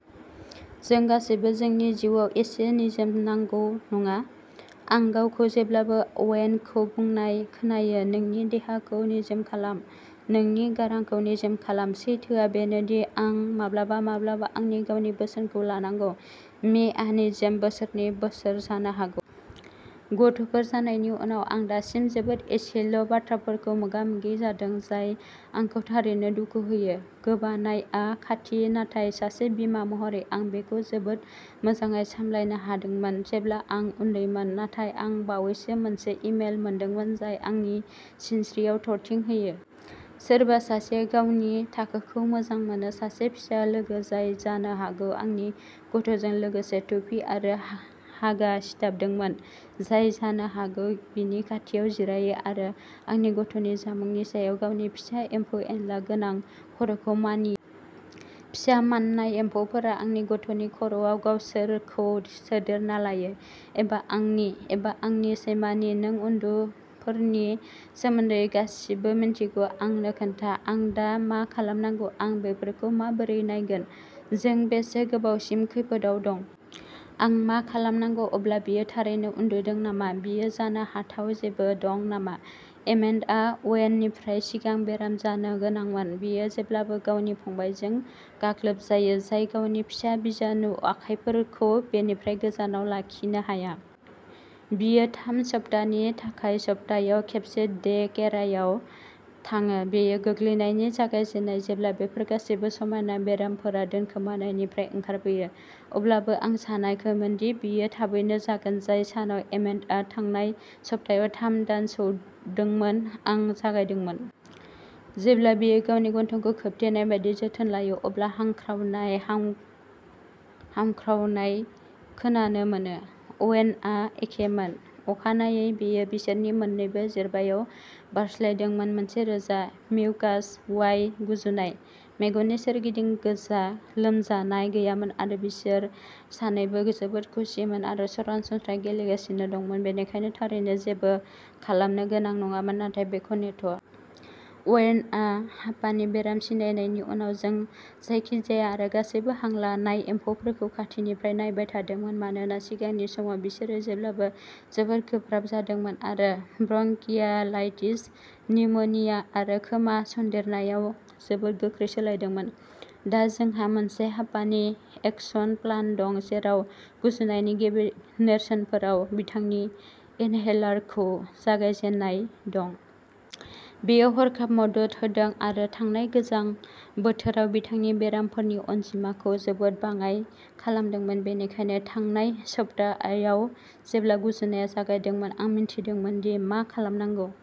जों गासैबो जोंनि जिउआव एसे निजोम नांगौ, नङा? आं गावखौ जेब्लाबो अवेनखौ बुंनाय खोनायो, नोंनि देहाखौ निजोम खालाम। नोंनि गारांखौ निजोम खालाम। सैथोआ बेनो दि, आं माब्लाबा माब्लाबा आंनि गावनि बोसोनखौ लानांगौ। मे आ निजोम बोसोरनि बोसोर जानो हागौ। गथ'फोर जानायनि उनाव आं दासिम जोबोद एसेल' बाथ्राफोरखौ मोगा मोगि जादों, जाय आंखौ थारैनो दुखु होयो। गोबानायआ खाथि, नाथाय सासे बिमा महरै आं बेखौ जोबोद मोजाङै सामलायनो हादोंमोन, जेब्ला आं उन्दैमोन। नाथाय आं बावैसो मोनसे इमेल मोनदोंमोन, जाय आंनि सिनस्रिआव थरथिं होयो। सोरबा सासेआ गावनि थाखोखौ मोजां मोनो। सासे फिसा लोगो जाय जानो हागौ आंनि गथ'जों लोगोसे टुपि आरो हागा सिथाबदोंमोन। जाय जानो हागौ बिनि खाथियाव जिरायो आरो आंनि गथ'नि जामुंनि सायाव गावनि फिसा एम्फौ एनला गोनां खर'खौ मानियो। फिसा माननाय एम्फौफोरा आंनि गथ'नि खर'आव गावसोरखौ सोदेरना लायो। एबा आंनि। एबा आंनि सैमानि। नों उन्दुफोरनि सोमोन्दै गासिबो मिन्थिगौ आंनो खोन्था। आं दा मा खालामनांगौ? आं बेफोरखौ माबोरै नायगोन? जों बेसे गोबावसिम खैफोदआव दं? आं मा खालामनांगौ, अब्ला, बियो थारैनो उन्दुदों नामा? बियो जानो हाथाव जेबो दं नामा? एमेटआ अवेननिफ्राय सिगां बेराम जानो गोनांमोन। बियो जेब्लाबो गावनि फंबायजों गाग्लोबजायो, जाय गावनि फिसा बिजानु आखायफोरखौ बेनिफ्राय गोजानाव लाखिनो हाया। बियो थाम सप्तानि थाखाय सप्तायाव खेबसे डे केयाराव थाङो। बेयो गोग्लैनायनि जागायजेन्नाय जेब्ला बेफोर गासैबो समायना बेरामफोरा दोनखोमानायनिफ्राय ओंखारबोयो। अब्लाबो, आं सानाखैमोन दि बेयो थाबैनो जागोन। जाय सानाव एमेटआ थांनाय सप्तायाव थाम दान सौदोंमोन आं जागायदोंमोन। जेब्ला बियो गावनि गन्थंखौ खोबथेनाय बायदि जोथोन लायो, अब्ला हांख्रावनाय हांख्रावनाय खोनानो मोनो। अवेनहा एखेमोन। अखानायै बेयो बिसोरनि मोन्नैबो जेरबायाव बारस्लायदोंमोन मोनसे रोजा, मिउकास वाई गुजुनाय। मेगननि सोरगिदिं गोजा। लोमजानाय गैयामोन आरो बिसोर सानैबो जोबोद खुसिमोन आरो सरासनस्रा गेलेगासिनो दंमोन, बेनिखायनो थारैनो जेबो खालामनो गोनां नङामोन नाथाय बेखौ नेथ'। अवेनआ हापानि बेराम सिनायनायनि उनाव जों जायखिजाया आरो गासैबो हां लानाय एम्फौफोरखौ खाथिनिफ्राय नायबाय थादोंमोन, मानोना सिगांनि समाव बिसोरो जेब्लाबो जोबोद गोब्राब जादोंमोन आरो ब्रंकियालाइटिस, निउमोनिया आरो खोमा सन्देरनायाव जोबोद गोख्रै सोलायदोंमोन। दा जोंहा मोनसे हापानि एक्शन प्लान दं जेराव गुजुनायनि गिबि नेरसोनफोराव बिथांनि इनहेलारखौ जागायजेननाय दं। बेयो हरखाब मदद होदों आरो थांनाय गोजां बोथोराव बिथांनि बेरामफोरनि अनजिमाखौ जोबोद बाङाइ खालामदोंमोन। बेनिखायनो थांनाय सप्तायाव जेब्ला गुजुनाया जागायदोंमोन, आं मिन्थिदोंमोन दि मा खालामनांगौ।